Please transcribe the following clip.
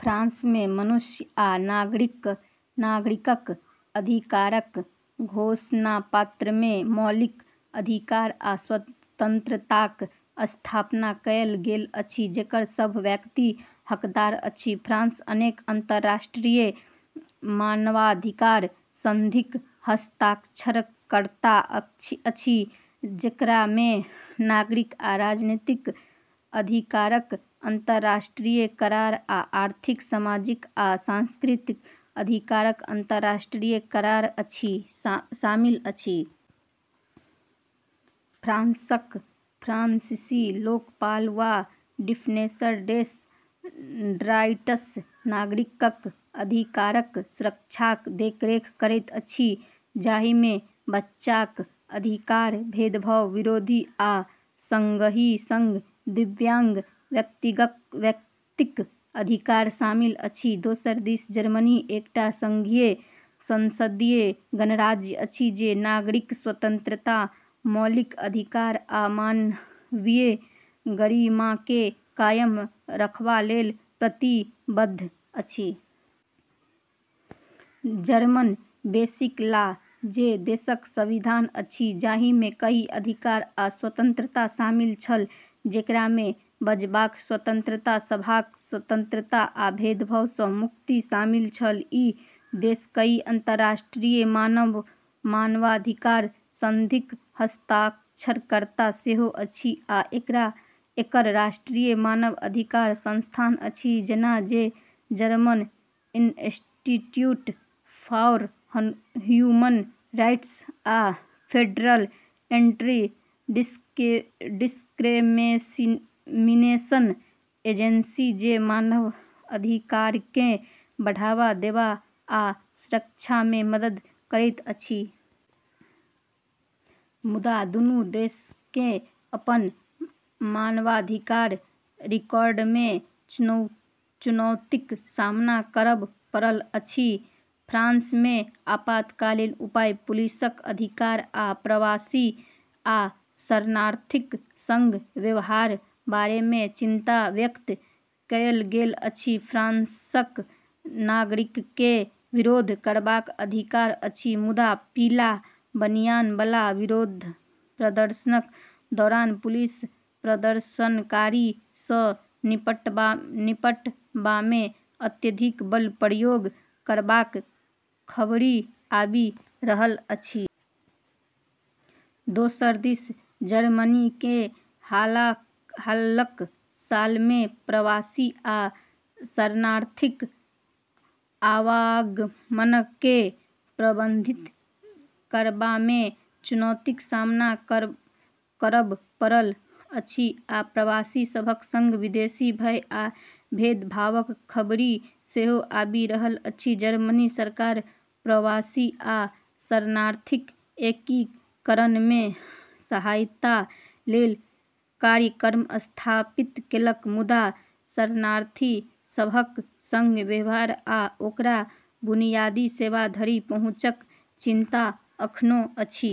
फ्रांसमे मनुष्य आ नागरिकक अधिकारक घोषणापत्रमे मौलिक अधिकार आ स्वतंत्रताक स्थापना कएल गेल अछि जेकर सभ व्यक्ति हकदार अछि। फ्रांस अनेक अंतर्राष्ट्रीय मानवाधिकार संधिक हस्ताक्षरकर्ता अछि, जेकरामे नागरिक आ राजनीतिक अधिकारक अंतर्राष्ट्रीय करार आ आर्थिक, सामाजिक आ सांस्कृतिक अधिकारक अंतर्राष्ट्रीय करार शामिल अछि। फ्रांसक फ्रांसीसी लोकपाल वा डिफेन्सर डेस ड्रॉइट्स नागरिकक अधिकारक सुरक्षाक देखरेख करैत अछि, जाहिमे बच्चाक अधिकार, भेदभाव विरोधी, आ संगहि संग दिव्यांग व्यक्तिक अधिकार शामिल अछि। दोसर दिस जर्मनी एकटा संघीय संसदीय गणराज्य अछि जे नागरिक स्वतंत्रता, मौलिक अधिकार, आ मानवीय गरिमाकेँ कायम रखबा लेल प्रतिबद्ध अछि। जर्मन बेसिक लॉ, जे देशक संविधान अछि, जाहिमे कई अधिकार आ स्वतंत्रता शामिल छल, जेकरामे बाजबाक स्वतंत्रता, सभाक स्वतंत्रता, आ भेदभाव सँ मुक्ति शामिल छल। ई देश कई अंतर्राष्ट्रीय मानवाधिकार संधिक हस्ताक्षरकर्ता सेहो अछि, आ एकर राष्ट्रीय मानव अधिकार संस्थान अछि, जेना जे German institute for human rights आ फेडरल एंटी-डिस्क्रिमिनेशन एजेंसी, जे मानव अधिकारकेँ बढ़ावा देबा आ सुरक्षामे मदद करैत अछि। मुदा दुनू देशकेँ अपन मानवाधिकार रिकॉर्डमे चुनौतीक सामना करब पड़ल अछि। फ्रांसमे आपातकालीन उपाय, पुलिसक अधिकार, आ प्रवासी आ शरणार्थीक संग व्यवहारक बारेमे चिंता व्यक्त कएल गेल अछि। फ्रांसक नागरिककेँ विरोध करबाक अधिकार अछि, मुदा पीला बनियान बला विरोध प्रदर्शनक दौरान पुलिस प्रदर्शनकारी सँ निपटबामे अत्यधिक बल प्रयोग करबाक खबरि आबि रहल अछि। दोसर दिस जर्मनीकेँ हालक सालमे प्रवासी आ शरणार्थीक आवागमनकेँ प्रबंधित करबामे चुनौतीक सामना करब पड़ल अछि, आ प्रवासी सभक संग विदेशी भय आ भेदभावक खबरि सेहो आबि रहल अछि। जर्मनी सरकार प्रवासी आ शरणार्थीक एकीकरणमे सहायता लेल कार्यक्रम स्थापित केलक, मुदा शरणार्थी सभक संग व्यवहार आ ओकरा बुनियादी सेवा धरि पहुँचक चिंता अखनो अछि।